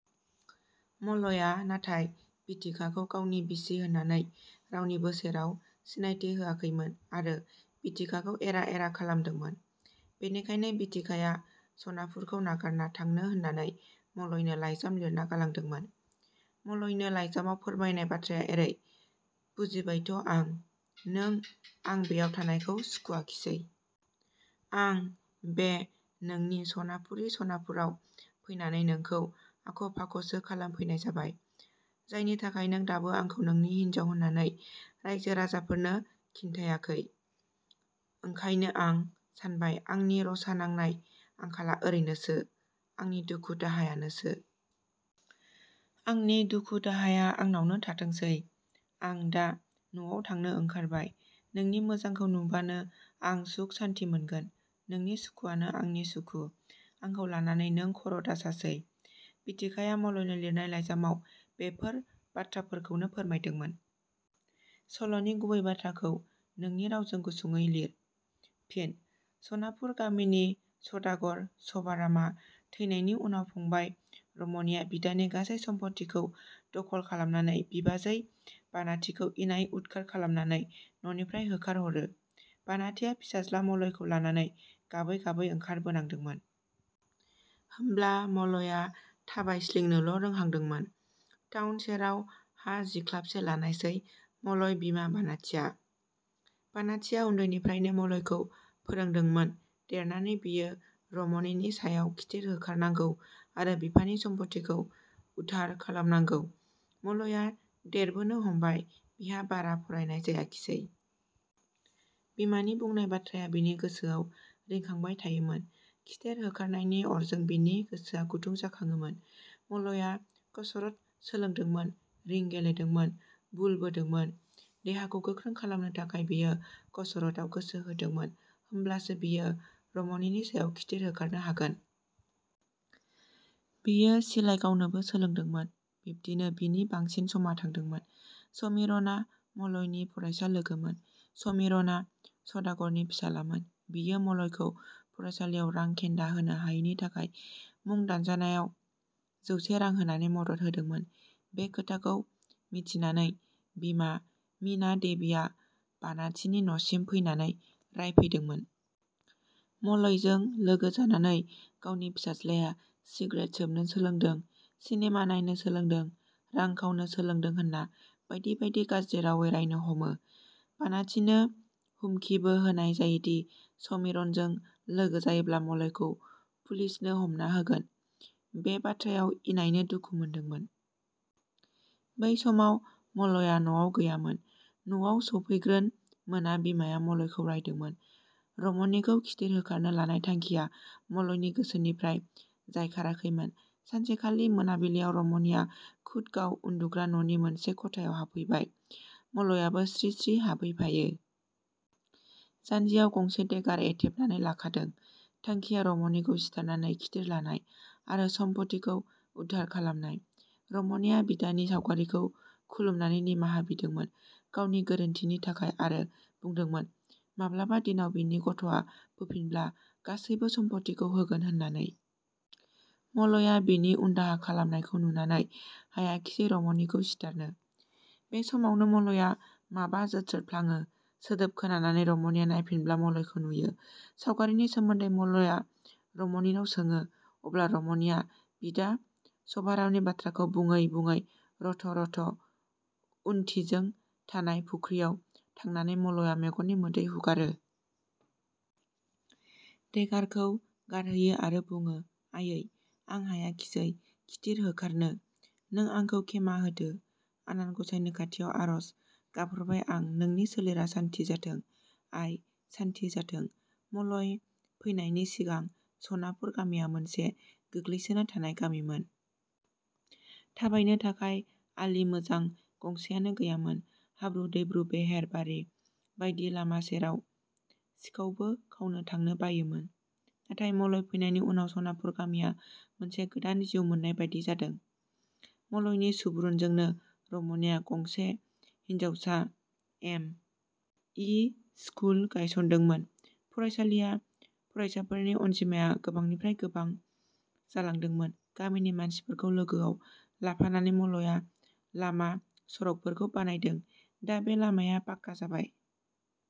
मलया नाथाय बिथिकाखौ गावनि बिसि होननानै रावनिबो सेराव सिनायथि होआखैमोन आरो बिथिकाखौ एरा एरा खालामदोंमोन। बेनिखायनो बिथिकाया सनापुरखौ नागारना थांनो होननानै मलयनो लाइजाम लिरना गालांदोंमोन। मलयनो लाइजामाव फोरमायनाय बाथ्राया एरै- "बुजिबाथ' आं नों आं बेयाव थानायखौ सुखुवाखिसै। आं बे नोंनि सनापुरि सनापुराव फैनानै नोंखौ आख' फाख 'सो खालामफैनाय जाबाय। जायनि थाखाय नों दाबो आंखौ नोंनि हिनजाव होननानै रायजो राजाफोरनो खिन्थायाखै। ओंखायनो आं सानबाय आंनि रसा नांनाय, आंखाला औरैनोसो। आंनि दुखु दाहायानोसो। आंनि दुख दाहाया आंनावनो थाथोंसै। आं दा न 'आव थांनो ओंखारबाय। नोंनि मोजांखौ नुबानो आं सुख सान्ति मोनगोन। नोंनि सुखुवानो आंनि सुखु। आंखौ लानानै नों खर' दासासै। " बिथिकाया मलयनो लिरनाय लाइजामाव बेफोर बाथ्राफोरखौनो फोरमायदोंमोन। सल 'नि गुबै बाथ्राखौ नोंनि रावजों गुसुङै लिए। फिनः सनापुर गामिनि सदागर शभारामआ थैनायनि उनाव फंबाइ रमनिया बिदानि गासै सम्फथिखौ दखल खालामनानै बिबाजै बानाथिखौ इनाय उदखार खालामनानै न 'निफ्राय होखार हरो। बानाथिया फिसाज्ला मलयखौ लानानै गाबै गाबै ओंखारबोनांदोंमोन। होमब्ला मलया थाबायस्लिंनोल' रोहांदोंमोन। टाउन सेराव हा जिखलाबसे लानायसै मलय बिमा बानाथिया। बानाथिया उन्दैनिफ्रायनो मलयखौ फोरोंदोंमोन देरनानै बियो रमनिनि सायाव खिथिर होखारनांगौ आरो बिफानि सम्फथिखौ उदधार खालामनांगौ। मलया देरबोनो हमबाय। बिहा बारा फरायनाय जायाखिसै। बिमानि बुंनाय बाथ्राया बिनि गोसोआ रिंखांबाय थायोमोन। खिथेर होखारनायनि अरजों बिनि गोसोआ गुदुं जाखाङोमोन। मलया कसरट सोलोंदोंमोन, रिं गेलेदोंमोन, बुल बोदोंमोन। देहाखौ गोख्रों खालामनो थाखाय बियो कसरतआव गोसो होदोंमोन होमब्लासो बियो रमनिनि सायाव खिथिर होखारनो हागोन। बियो सिलाइ गावनोबो सोलोंदोंमोन। बिब्दिनो बिनि बांसिन समा थांदोंमोन। समिरनआ मलयनि फरायसा लोगोमोन। समिरनआ सदागरनि फिसालामोन बियो मलयखौ फरायसालियाव रां खेन्दा होनो हायैनि थाखाय मुं दानजानायाव जौसे रां होनानै मदद होदोंमोन। बे खोथाखौ मिथिनानै बिमा मिना देबिया बानाथिनि न 'सिम फैनानै रायफैदोंमोन। मलयजों लोगो जानानै गावनि फिसाज्लाया सिग्रेट सोबनो सोलोंदों, सिनेमा नायनो सोलोंदों, रां खावनो सोलोंदों होनना बायदि बायदि गाज्रि रावै रायनो हमो। बानाथिनो हुमखिबो होनाय जायोदि समिरनजों लोगो जायोब्ला मलयखौ पुलिसनो हमना होगोन। बे बाथ्रायाव इनायनो दुखु मोनदोंमोन। बै समाव मलया न 'आव गैयामोन। न 'आव सफैग्रोन मोना बिमाया मलयखौ रायदोंमोन। रमनिखौ खिथिर होखारनो लानाय थांखिया मलयनि गोसोनिफ्राय जायखाराखैमोन। सानसेखालि मोनाबिलियाव रमनिया खुद गाव उन्दुग्रा न'नि मोनसे खथायाव हाबहैबाय। मलयाबो स्रि स्रि हाबहैफायो। जानजियाव गंसे देगार एथेबनानै लाखादों। थांखिया रमनिखौ सिथारनानै खिथिर लानाय आरो सम्फथिखौ उदधार खालामनाय। रमनिया बिदानि सावगारिखौ खुलुमनानै निमाहा बिदोंमोन गावनि गोरोन्थिनि थाखाय आरो बुंदोंमोन माब्लाबा दिनाव बिनि गथ'आ फैफिनब्ला गासैबो सम्फथिखौ होगोन होननानै। मलया बिनि उनदाहा खालामनायखौ नुनानै हायाखिसै रमनिखौ सिथारनो। बे समावनो मलया माबा जोथ्रोदफ्लाङो। सोदोब खोनानानै रमनिया नायफिनब्ला मलयखौ नुयो। सावगारिनि सोमोन्दै मलया रमनिनियाव सोङो। अब्ला रमनिया बिदा शभारामनि बाथ्राखौ बुङै बुङै रथ' रथ' उनथिजों थानाय फुख्रियाव थांनानै मलया मेगननि मोदै हुगारो। देगारखौ गारहैयो आरो बुङो, "आइयै, आं हायाखिसै खिथिर होखारनो। नों आंखौ क्षेमा होदो। आनान गसाइनि खाथियाव आरज गाबहरबाय आं नोंनि सोलेरा सान्थि जाथों। आइ सान्थि जाथों। " मलय फैनायनि सिंगां सनापुर गामिया मोनसे गोग्लैसोना थानाय गामिमोन। थाबायनो थाखाय आलि मोजां गंसेयानो गैयामोन। हाब्रु दैब्रु बेहेर बारि बायदि लामा जेराव सिखावबो खावनो थांनो बायोमोन। नाथाय मलय फैनायनि उनाव सनापुर गामिया मोनसे गोदान जिउ मोननाय बायदि जादों। मलयनि सुबुरुनजोंनो रमनिया गंसे हिनजावसा एम. इ. स्कुल गायसनदोंमोन। फरायसालिया फरायसाफोरनि अनजिमाया गोबांनिफ्राय गोबां जालांदोंमोन गामिनि मानसिफोरखौ लोगोआव लाफानानै मलया लामा सरगफोरखौ बानायदों। दा बे लामाया पाका जाबाय।